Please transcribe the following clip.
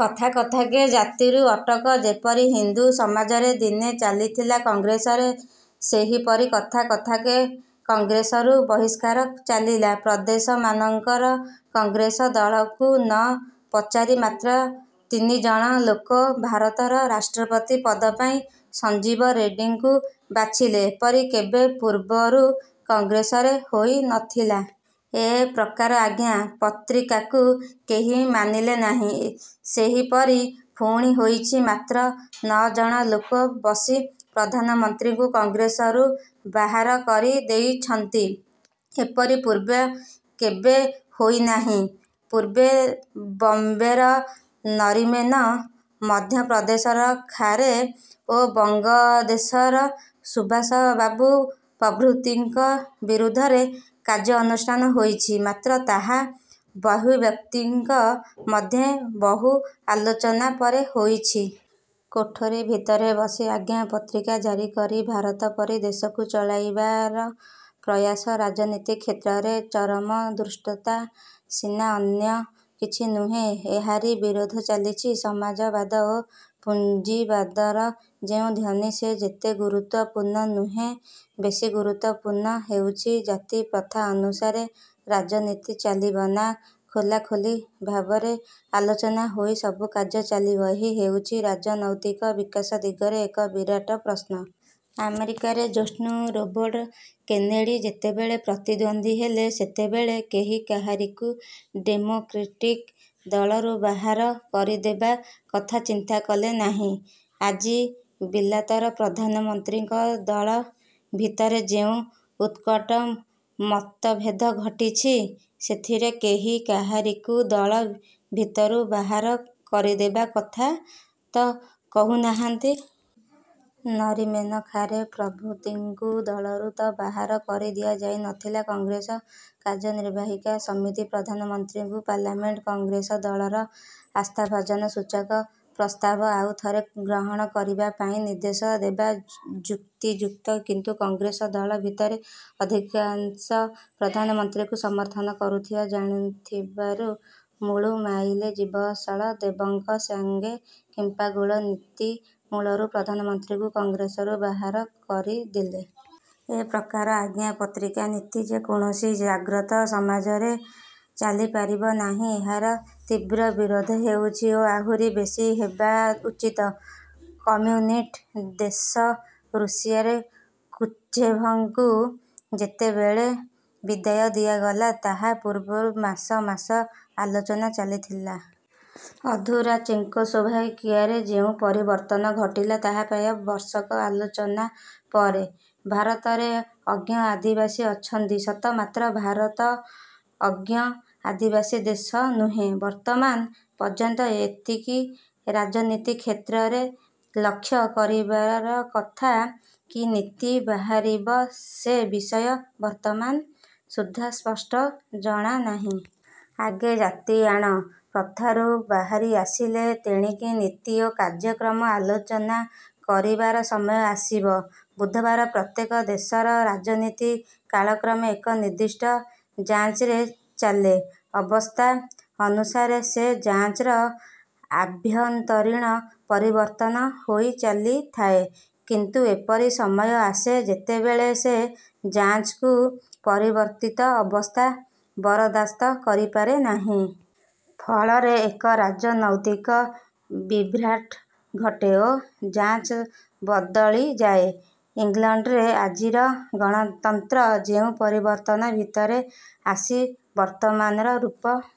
କଥା କଥାକେ ଜାତିରୁ ଅଟକ ଯେପରି ହିନ୍ଦୁ ସମାଜରେ ଦିନେ ଚାଲିଥିଲା, କଂଗ୍ରେସରେ ସେହିପରି କଥା କଥାକେ କଂଗ୍ରେସରୁ ବହିଷ୍କାର ଚାଲିଲା। ପ୍ରଦେଶମାନଙ୍କର କଂଗ୍ରେସ ଦଳକୁ ନ ପଚାରି ମାତ୍ର ତିନିଜଣ ଲୋକ ଭାରତର ରାଷ୍ଟ୍ରପତି ପଦ ପାଇଁ ସଞ୍ଜୀବ ରେଡ଼ିଙ୍କୁ ବାଛିଲେ। ଏପରି କେବେ ପୂର୍ବରୁ କଂଗ୍ରେସରେ ହୋଇ ନଥିଲା। ଏ ପ୍ରକାର ଆଜ୍ଞା ପତ୍ରିକାକୁ କେହି ମାନିଲେ ନାହିଁ। ସେହିପରି ପୁଣି ହୋଇଛି ମାତ୍ର ନଅଜଣ ଲୋକ ବସି ପ୍ରଧାନମନ୍ତ୍ରୀଙ୍କୁ କଂଗ୍ରେସରୁ ବାହାର କରି ଦେଇଛନ୍ତି। ଏପରି ପୂର୍ବେ କେବେ ହୋଇନାହିଁ। ପୂର୍ବେ ବମ୍ବେର ନରିମେନ, ମଧ୍ୟପ୍ରଦେଶର ଖାରେ ଓ ବଙ୍ଗଦେଶର ସୁଭାଷବାବୁ ପ୍ରଭୃତିଙ୍କ ବିରୁଦ୍ଧରେ କାର୍ଯ୍ୟାନୁଷ୍ଠାନ ହୋଇଛି; ମାତ୍ର ତାହା ବହୁବ୍ୟକ୍ତିଙ୍କ ମଧ୍ୟେ ବହୁ ଆଲୋଚନା ପରେ ହୋଇଛି। କୋଠରୀ ଭିତରେ ବସି ଆଜ୍ଞା ପତ୍ରିକା ଜାରି କରି ଭାରତ ପରି ଦେଶକୁ ଚଳାଇବାର ପ୍ରୟାସ ରାଜନୀତି କ୍ଷେତ୍ରରେ ଚରମ ଧୃଷ୍ଟତା ସିନା ଅନ୍ୟ କିଛି ନୁହେଁ। ଏହାରି ବିରୋଧ ଚାଲିଛି। ସମାଜବାଦ ଓ ପୁଞ୍ଜିବାଦର ଯେଉଁ ଧ୍ୱନି ସେ ଯେତେ ଗୁରୁତ୍ୱପୂର୍ଣ୍ଣ ନୁହେଁ, ବେଶି ଗୁରୁତ୍ୱପୂର୍ଣ୍ଣ ହେଉଛି, ଜାତିପ୍ରଥା ଅନୁସାରେ ରାଜନୀତି ଚାଲିବ ନାଁ ଖୋଲାଖୋଲି ଭାବରେ ଆଲୋଚନା ହୋଇ ସବୁ କାର୍ଯ୍ୟ ଚାଲିବ- ଏହି ହେଉଛି ରାଜନୈତିକ ବିକାଶ ଦିଗରେ ଏକ ବିରାଟ ପ୍ରଶ୍ନ। ଆମେରିକାରେ ଜୋନ୍ସନ୍ଙ୍କୁ ରବର୍ଟ କେନେଡ଼ି ଯେତେବେଳେ ପ୍ରତିଦ୍ୱନ୍ଦ୍ୱୀ ହେଲେ, ସେତେବେଳେ କେହି କାହାରିକୁ ଡେମୋକ୍ରେଟିକ୍ ଦଳରୁ ବାହାର କରିଦେବା କଥା ଚିନ୍ତା କଲେନାହିଁ। ଆଜି ବିଲାତର ପ୍ରଧାନମନ୍ତ୍ରୀଙ୍କ ଦଳ ଭିତରେ ଯେଉଁ ଉତ୍କଟ ମତଭେଦ ଘଟିଛି, ସେଥିରେ କେହି କାହାରିକୁ ଦଳ ଭିତରୁ ବାହାର କରିଦେବା କଥା ତ କହୁନାହାନ୍ତି। ନରିମେନ, ଖାରେ ପ୍ରଭୃତିଙ୍କୁ ଦଳରୁ ତ ବାହାର କରି ଦିଆଯାଇ ନଥିଲା। କଂଗ୍ରେସ କାର୍ଯ୍ୟନିର୍ବାହିକା ସମିତି ପ୍ରଧାନମନ୍ତ୍ରୀଙ୍କୁ ପାର୍ଲାମେଣ୍ଟ କଂଗ୍ରେସ ଦଳର ଆସ୍ଥାଭାଜନ ସୂଚକ ପ୍ରସ୍ତାବ ଆଉ ଥରେ ଗ୍ରହଣ କରିବାପାଇଁ ନିର୍ଦ୍ଦେଶ ଦେବା ଯୁକ୍ତିଯୁକ୍ତ; କିନ୍ତୁ କଂଗ୍ରେସ ଦଳ ଭିତରେ ଅଧିକାଂଶ ପ୍ରଧାନମନ୍ତ୍ରୀଙ୍କୁ ସମର୍ଥନ କରୁଥିବା ଜାଣିଥିବାରୁ ''ମୁଳୁ ମାଇଲେ ଯିବ ଶଳ, ଦେବଙ୍କ ସଙ୍ଗେ କିମ୍ପା ଗୋଳ'' ନୀତି ମୂଳରୁ ପ୍ରଧାନମନ୍ତ୍ରୀଙ୍କୁ କଂଗ୍ରେସରୁ ବାହାର କରିଦେଲେ। ଏ ପ୍ରକାର ''ଆଜ୍ଞା ପତ୍ରିକା ନୀତି'' ଯେ କୌଣସି ଜାଗ୍ରତ ସମାଜରେ ଚାଲିପାରିବ ନାହିଁ। ଏହାର ତୀବ୍ର ବିରୋଧ ହେଉଛି ଓ ଆହୁରି ବେଶି ହେବା ଉଚିତ। କମ୍ୟୁନିଷ୍ଟ ଦେଶ ରୁଷିଆରେ କୁଶ୍ଚେଭଙ୍କୁ ଯେତେବେଳେ ବିଦାୟ ଦିଆଗଲା ତାହା ପୂର୍ବରୁ ମାସ ମାସ ଆଲୋଚନା ଚାଲିଥିଲା। ଅଧୁନା ଚେକୋସ୍ଲୋଭାକିଆରେ ଯେଉଁ ପରିବର୍ତ୍ତନ ଘଟିଲା, ତାହା ପ୍ରାୟ ବର୍ଷକ ଆଲୋଚନା ପରେ। ଭାରତରେ ଅଜ୍ଞ ଆଦିବାସୀ ଅଛନ୍ତି ସତ ମାତ୍ର ଭାରତ ଅଜ୍ଞ ଆଦିବାସୀ ଦେଶ ନୁହେଁ। ବର୍ତ୍ତମାନ ପର୍ଯ୍ୟନ୍ତ ଏତିକି ରାଜନୀତି କ୍ଷେତ୍ରରେ ଲକ୍ଷ୍ୟ କରିବାର କଥା। କି ନୀତି ବାହାରିବ ସେ ବିଷୟ ବର୍ତ୍ତମାନ ସୁଦ୍ଧା ସ୍ପଷ୍ଟ ଜଣାନାହିଁ। ଆଗେ ଜାତିଆଣ ପ୍ରଥାରୁ ବାହାରି ଆସିଲେ ତେଣିକି ନୀତି ଓ କାର୍ଯ୍ୟକ୍ରମ ଆଲୋଚନା କରିବାର ସମୟ ଆସିବ। ବୁଧବାର ପ୍ରତ୍ୟେକ ଦେଶର ରାଜନୀତି କାଳକ୍ରମେ ଏକ ନିର୍ଦ୍ଦିଷ୍ଟ ଛାଞ୍ଚରେ ଚାଲେ। ଅବସ୍ଥା ଅନୁସାରେ ସେ ଛାଞ୍ଚର ଆଭ୍ୟନ୍ତରୀଣ ପରିବର୍ତ୍ତନ ହୋଇ ଚାଲିଥାଏ; କିନ୍ତୁ ଏପରି ସମୟ ଆସେ, ଯେତେବେଳେ ସେ ଛାଞ୍ଚକୁ ପରିବର୍ତ୍ତିତ ଅବସ୍ଥା ବରଦାସ୍ତ କରିପାରେ ନାହିଁ। ଫଳରେ ଏକ ରାଜନୈତିକ ବିଭ୍ରାଟ ଘଟେ ଓ ଛାଞ୍ଚ ବଦଳିଯାଏ। ଇଂଲଣ୍ଡରେ ଆଜିର ଗଣତନ୍ତ୍ର ଯେଉଁ ପରିବର୍ତ୍ତନ ଭିତରେ ଆସି ବର୍ତ୍ତମାନର ରୂପ